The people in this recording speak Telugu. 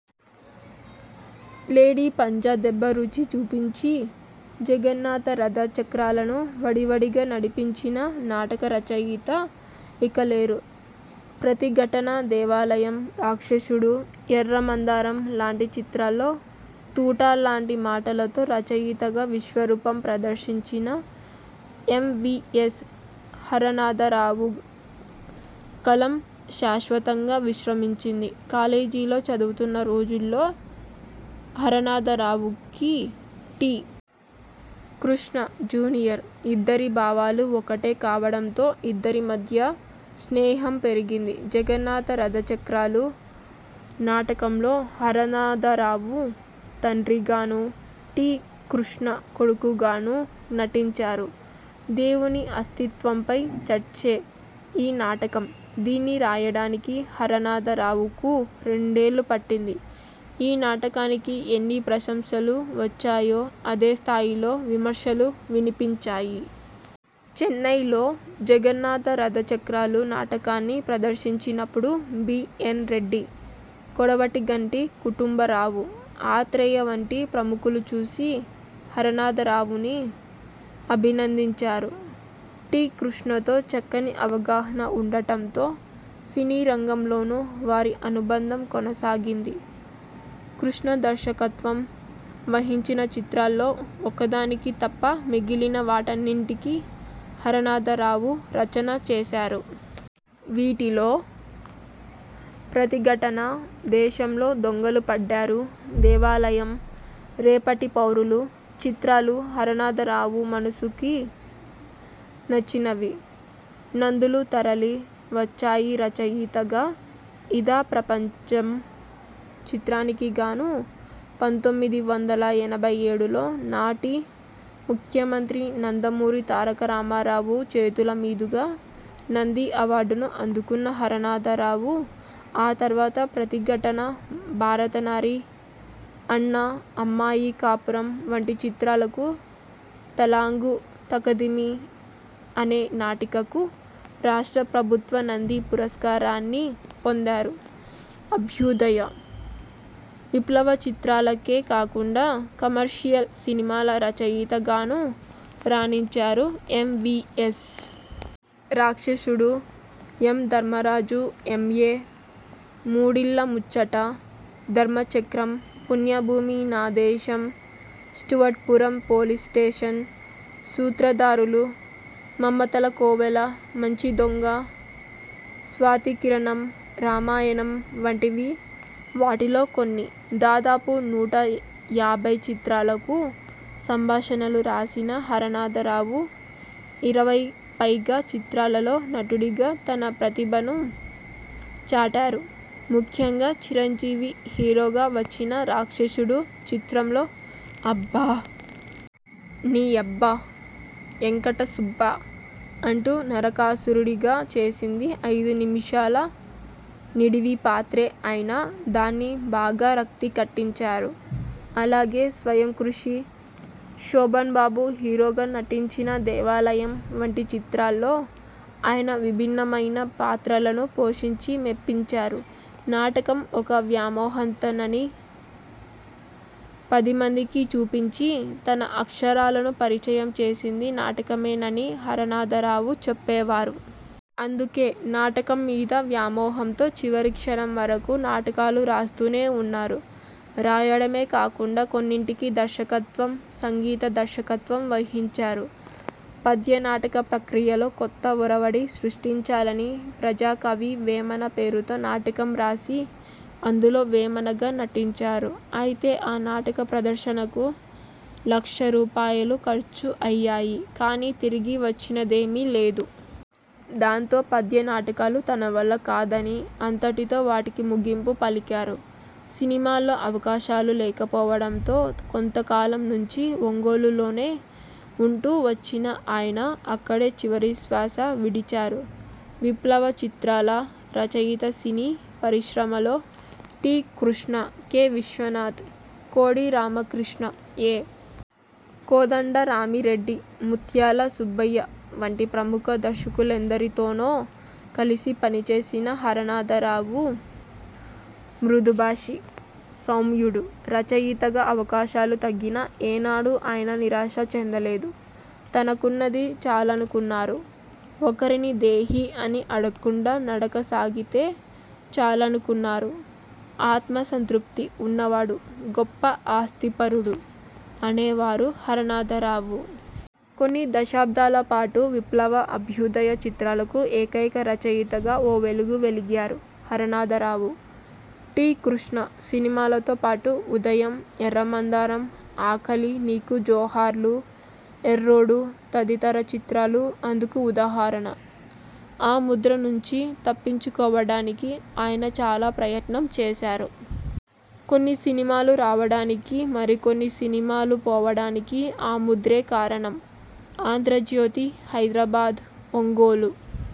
లేడి పంజా' దెబ్బ రుచి చూపించి, 'జగన్నాథ రథ చక్రాల'ను వడివడిగా నడిపించిన నాటక రచయిత ఇక లేరు. 'ప్రతిఘటన', 'దేవాలయం', 'రాక్షసుడు', 'ఎర్ర మందారం' లాంటి చిత్రాల్లో తూటాల్లాంటి మాటలతో రచయితగా విశ్వరూపం ప్రదర్శించిన ఎంవీఎస్ హరనాథరావు కలం శాశ్వతంగా విశ్రమించింది. కాలేజీలో చదువుతున్న రోజుల్లో హరనాథరావుకి టి. కృష్ణ జూనియర్. ఇద్దరి భావాలూ ఒక్కటే కావడంతో ఇద్దరి మధ్యా స్నేహం పెరిగింది. 'జగన్నాథ రథచక్రాలు' నాటకంలో హరనాథరావు తండ్రిగానూ, టి. కృష్ణ కొడుకుగానూ నటించారు. దేవుని అస్తిత్వంపై చర్చే ఈ నాటకం. దీన్ని రాయడానికి హరనాథరావుకు రెండేళ్లు పట్టింది. ఈ నాటకానికి ఎన్ని ప్రశంసలు వచ్చాయో, అదే స్థాయిలో విమర్శలూ వినిపించాయి. చెన్నైలో 'జగన్నాథ రథచక్రాలు' నాటకాన్ని ప్రదర్శించినప్పుడు బి. ఎన్. రెడ్డి, కొడవటిగంటి కుటుంబరావు, ఆత్రేయ వంటి ప్రముఖులు చూసి హరనాథరావుని అభినందించారు. టి. కృష్ణతో చక్కని అవగాహన ఉండటంతో సినీరంగంలోనూ వారి అనుబంధం కొనసాగింది. కృష్ణ దర్శకత్వం వహించిన చిత్రాల్లో ఒకదానికి తప్ప మిగిలిన వాటన్నింటికీ హరనాథరావు రచన చేశారు. వీటిలో 'ప్రతిఘటన', 'దేశంలో దొంగలు పడ్డారు', 'దేవాలయం', 'రేపటి పౌరులు' చిత్రాలు హరనాథరావు మనసుకి నచ్చినవి. నందులు తరలి వచ్చాయిరచయితగా 'ఇదా ప్రపంచం' చిత్రానికిగాను పంతొమ్మిది వందల ఎనభై ఏడులో నాటి ముఖ్యమంత్రి నందమూరి తారకరామారావు చేతుల మీదుగా నంది అవార్డును అందుకున్న హరనాథరావు, ఆ తర్వాత 'ప్రతిఘటన', 'భారతనారి', 'అన్న', 'అమ్మాయి కాపురం' వంటి చిత్రాలకు, 'తళాంగు తకధిమి' అనే నాటికకు రాష్ట్రప్రభుత్వ నంది పురస్కారాన్ని పొందారు అభ్యుదయ, విప్లవ చిత్రాలకే కాకుండా కమర్షియల్ సినిమాల రచయితగానూ రాణించారు ఎంవీయస్. 'రాక్షసుడు', 'యం ధర్మరాజు ఎంఏ', 'మూడిళ్ల ముచ్చట', 'ధర్మచక్రం', 'పుణ్యభూమి నా దేశం', 'స్టూవర్ట్పురం పోలీస్ స్టేషన్', 'సూత్రధారులు', 'మమతల కోవెల', 'మంచి దొంగ', 'స్వాతి కిరణం', 'రామాయణం' వంటివి వాటిలో కొన్ని. దాదాపు నూట యాభై చిత్రాలకు సంభాషణలు రాసిన హరనాథరావు ఇరవై పైగా చిత్రాలలో నటుడిగా తన ప్రతిభను చాటారు ముఖ్యంగా చిరంజీవి హీరోగా వచ్చిన 'రాక్షసుడు' చిత్రంలో 'అబ్బా! నీ యబ్బా ఎంకట సుబ్బా! ' అంటూ నరకాసురుడిగా చేసింది ఐదు నిముషాల నిడివి పాత్రే అయినా దాన్ని బాగా రక్తి కట్టించారు. అలాగే 'స్వయంకృషి', శోభన్ బాబు హీరోగా నటించిన 'దేవాలయం' వంటి చిత్రాల్లో ఆయన విభిన్నమైన పాత్రలను పోషించి మెప్పించారు. నాటకం ఒక వ్యామోహంతనని పదిమందికీ చూపించి, తన అక్షరాలను పరిచయం చేసింది నాటకమేనని హరనాథరావు చెప్పేవారు. అందుకే నాటకం మీద వ్యామోహంతో చివరి క్షణం వరకూ నాటకాలు రాస్తూనే ఉన్నారు. రాయడమే కాకుండా కొన్నింటికి దర్శకత్వం, సంగీత దర్శకత్వం వహించారు. పద్యనాటక ప్రక్రియలో కొత్త ఒరవడి సృష్టించాలని 'ప్రజాకవి వేమన' పేరుతో నాటకం రాసి, అందులో వేమనగా నటించారు. అయితే ఆ నాటక ప్రదర్శనకు లక్ష రూపాయలు ఖర్చు అయ్యాయి కానీ తిరిగి వచ్చినదేమీ లేదు. దాంతో పద్య నాటకాలు తన వల్ల కాదని అంతటితో వాటికి ముగింపు పలికారు. సినిమాల్లో అవకాశాలు లేకపోవడంతో కొంత కాలం నుంచీ ఒంగోలులోనే ఉంటూ వచ్చిన ఆయన అక్కడే చివరి శ్వాస విడిచారు. విప్లవ చిత్రాల రచయితసినీ పరిశ్రమలో టి. కృష్ణ, కె. విశ్వనాథ్, కోడి రామకృష్ణ, ఎ. కోదండరామిరెడ్డి, ముత్యాల సుబ్బయ్య వంటి ప్రముఖ దర్శకులెందరితోనో కలిసి పనిచేసిన హరనాథరావు మృదుభాషి, సౌమ్యుడు. రచయితగా అవకాశాలు తగ్గినా ఏనాడూ ఆయన నిరాశ చెందలేదు. తనకున్నది చాలనుకున్నారు. ఒకరిని దేహీ అని అడక్కుండా నడక సాగితే చాలనుకున్నారు. 'ఆత్మసంతృప్తి ఉన్నవాడు గొప్ప ఆస్తిపరుడు' అనేవారు హరనాథరావు. కొన్ని దశాబ్దాల పాటు విప్లవ, అభ్యుదయ చిత్రాలకు ఏకైక రచయితగా ఓ వెలుగు వెలిగారు హరనాథరావు. టి. కృష్ణ సినిమాలతో పాటు 'ఉదయం', 'ఎర్ర మందారం', 'ఆకలీ నీకు జోహార్లు', 'ఎర్రోడు' తదితర చిత్రాలు అందుకు ఉదాహరణ. ఆ ముద్ర నుంచి తప్పించుకోవడానికి ఆయన చాలా ప్రయత్నం చేశారు. కొన్ని సినిమాలు రావడానికీ, మరి కొన్ని సినిమాలు పోవడానికీ ఆ ముద్రే కారణం. ఆంధ్రజ్యోతి, హైదరాబాద్, ఒంగోలు